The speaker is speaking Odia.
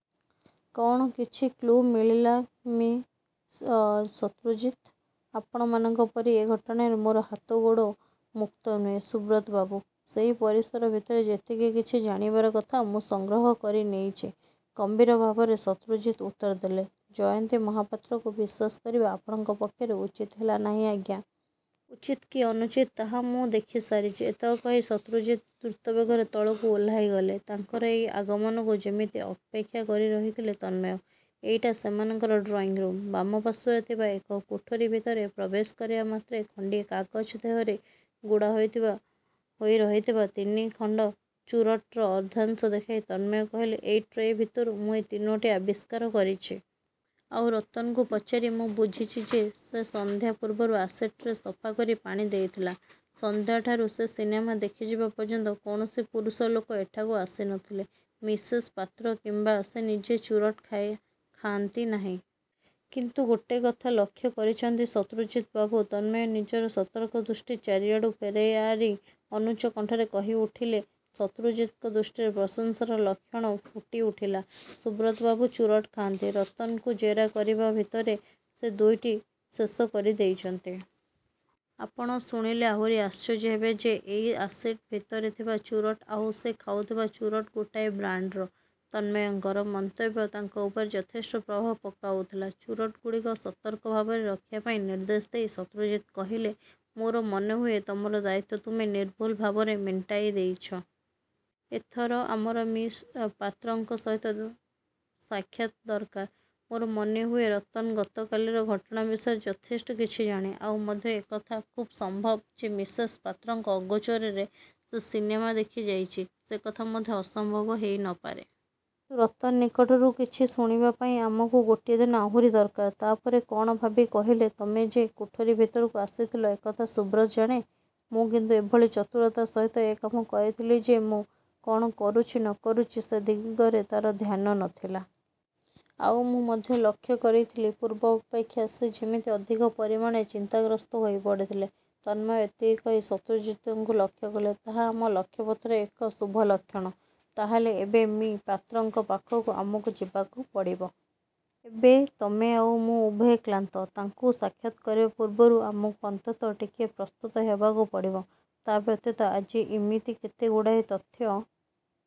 'କ'ଣ କିଛି କ୍ଲୁ ମିଳିଲା ମି: ଅ ଶତ୍ରୁଜିତ! ' 'ଆପଣମାନଙ୍କ ପରି ଏ ଘଟଣାରେ ମୋର ହାତଗୋଡ଼ ମୁକ୍ତ ନୁହେଁ, ସୁବ୍ରତବାବୁ! ସେଇ ପରିସର ଭିତରେ ଯେତିକି କିଛି ଜାଣିବାର କଥା ମୁଁ ସଂଗ୍ରହ କରିନେଇଛି। ' ଗମ୍ଭୀର ଭାବରେ ଶତ୍ରୁଜିତ ଉତ୍ତର ଦେଲେ। 'ଜୟନ୍ତୀ ମହାପାତ୍ରକୁ ବିଶ୍ୱାସ କରିବା ଆପଣଙ୍କ ପକ୍ଷରେ ଉଚିତ ହେଲା ନାହିଁ, ଆଜ୍ଞା! ' 'ଉଚିତ କି ଅନୁଚିତ ତାହା ମୁଁ ଦେଖିସାରିଛି। ' ଏତକ କହି ଶତ୍ରୁଜିତ ଦ୍ରୁତବେଗରେ ତଳକୁ ଓହ୍ଲାଇଗଲେ। ତାଙ୍କର ଏଇ ଆଗମନକୁ ଯେମିତି ଅପେକ୍ଷା କରି ରହିଥିଲେ ତନ୍ମୟ। 'ଏଇଟା ସେମାନଙ୍କର ଡ୍ରଇଂ ରୁମ୍। ' ବାମପାର୍ଶ୍ୱରେ ଥିବା ଏକ କୋଠରି ଭିତରେ ପ୍ରବେଶ କରିବା ମାତ୍ରେ ଖଣ୍ଡିଏ କାଗଜ ଦେହରେ ଗୁଡ଼ା ହୋଇଥିବା ହୋଇ ରହିଥିବା ତିନିଖଣ୍ଡ ଚୁରଟର ଅର୍ଦ୍ଧାଂଶ ଦେଖାଇ ତନ୍ମୟ କହିଲେ, 'ଏଇ ଟ୍ରେ ଭିତରୁ ମୁଁ ଏଇ ତିନୋଟି ଆବିଷ୍କାର କରିଛି। ଆଉ ରତନକୁ ପଚାରି ମୁଁ ବୁଝିଛି ଯେ ସେ ସନ୍ଧ୍ୟା ପୂର୍ବରୁ ଆସେଟ୍ ରେ ସଫା କରି ପାଣି ଦେଇଥିଲା। ସନ୍ଧ୍ୟାଠାରୁ ସେ ସିନେମା ଦେଖିଯିବା ପର୍ଯ୍ୟନ୍ତ କୌଣସି ପୁରୁଷ ଲୋକ ଏଠାକୁ ଆସି ନ ଥିଲେ। ମିସେସ୍ ପାତ୍ର କିମ୍ବା ସେ ନିଜେ ଚୁରଟ୍ ଖାଇ ଖାଆନ୍ତି ନାହିଁ। 'କିନ୍ତୁ ଗୋଟେ କଥା ଲକ୍ଷ୍ୟ କରିଛନ୍ତି ଶତ୍ରୁଜିତ ବାବୁ', ତନ୍ମୟ ନିଜର ସତର୍କ ଦୃଷ୍ଟି ଚାରିଆଡ଼ୁ ଫେରାଇ ଆରି ଅନୁଚ୍ଚ କଣ୍ଠରେ କହି ଉଠିଲେ। ଶତ୍ରୁଜିତଙ୍କ ଦୃଷ୍ଟିରେ ପ୍ରଶଂସାର ଲକ୍ଷଣ ଫୁଟି ଉଠିଳା। 'ସୁବ୍ରତ ବାବୁ ଚୁରଟ ଖାଆନ୍ତି। ରତନକୁ ଜେରା କରିବା ଭିତରେ ସେ ଦୁଇଟି ଶେଷ କରିଦେଇଛନ୍ତି। ଆପଣ ଶୁଣିଲେ ଆହୁରି ଆଶ୍ଚର୍ଯ୍ୟ ହେବେ ଯେ ଏଇ ଆସେଟ୍ ଭିତରେ ଥିବା ଚୁରଟ୍ ଆଉ ସେ ଖାଉଥିବା ଚୁରଟ୍ ଗୋଟାଏ ବ୍ରାଣ୍ଡର' ତନ୍ମୟଙ୍କର ମନ୍ତବ୍ୟ ତାଙ୍କ ଉପରେ ଯଥେଷ୍ଟ ପ୍ରଭାବ ପକାଉଥିଲା। ଚୁରଟଗୁଡ଼ିକ ସତର୍କ ଭାବରେ ରଖିବାପାଇଁ ନିର୍ଦ୍ଦେଶ ଦେଇ ଶତ୍ରୁଜିତ କହିଲେ, 'ମୋର ମନେହୁଏ ତମର ଦାୟିତ୍ୱ ତୁମେ ନିର୍ଭୁଲ ଭାବରେ ମେଣ୍ଟାଇଦେଇଛ। ଏଥର ଆମର ମିସ୍ ପାତ୍ରଙ୍କ ସହିତ ସାକ୍ଷାତ ଦରକାର। ' 'ମୋର ମନେ ହୁଏ ରତନ ଗତ କାଲିର ଘଟଣା ବିଷୟରେ ଯଥେଷ୍ଟ କିଛି ଜାଣେ। ଆଉ ମଧ୍ୟ ଏ କଥା ଖୁବ ସମ୍ଭବ ଯେ ମିସେସ୍ ପାତ୍ରଙ୍କ ଅଗୋଚରରେ ସେ ସିନେମା ଦେଖି ଯାଇଚି-। ' 'ସେ କଥା ମଧ୍ୟ ଅସମ୍ଭବ ହେଇ ନ ପାରେ। ରତନ ନିକଟରୁ କିଛି ଶୁଣିବାପାଇଁ ଆମକୁ ଗୋଟିଏ ଦିନ ଆହୁରି ଦରକାର। ' ତା'ପରେ କ'ଣ ଭାବି କହିଲେ, 'ତମେ ଯେ କୋଠରି ଭିତରକୁ ଆସିଥିଲ ଏକଥା ସୁବ୍ରତ ଜାଣେ? ' 'ମୁଁ କିନ୍ତୁ ଏଭଳି ଚତୁରତା ସହିତ ଏ କାମ କରିଥିଲି ଯେ ମୁଁ କ'ଣ କରୁଛି ନ କରୁଛି ସେ ଦିଗରେ ତା'ର ଧ୍ୟାନ ନ ଥିଲା। ଆଉ ମୁଁ ମଧ୍ୟ ଲକ୍ଷ୍ୟ କରିଥିଲି ପୂର୍ବ ଅପେକ୍ଷା ସେ ଯେମିତି ଅଧିକ ପରିମାଣେ ଚିନ୍ତାଗ୍ରସ୍ତ ହେଇପଡ଼ିଥିଲା। ' ତନ୍ମୟ ଏତକ କହି ଶତ୍ରୁଜିତଙ୍କୁ ଲକ୍ଷ୍ୟ କଲେ। 'ତାହା ଆମ ଲକ୍ଷ୍ୟପଥରେ ଏକ ଶୁଭ ଲକ୍ଷଣ। ' 'ତା'ହେଲେ ଏବେ ମି: ପାତ୍ରଙ୍କ ପାଖକୁ ଆମକୁ ଯିବାକୁ ପଡ଼ିବ? ' 'ଏବେ ତମେ ଆଉ ମୁଁ ଉଭୟେ କ୍ଲାନ୍ତ। ତାଙ୍କୁ ସାକ୍ଷାତ କରିବା ପୂର୍ବରୁ ଆମକୁ ଅନ୍ତତଃ ଟିକିଏ ପ୍ରସ୍ତୁତ ହେବାକୁ ପଡ଼ିବ। ତା ବ୍ୟତୀତ ଆଜି ଇମିତି କେତେ ଗୁଡ଼ାଏ ତଥ୍ୟ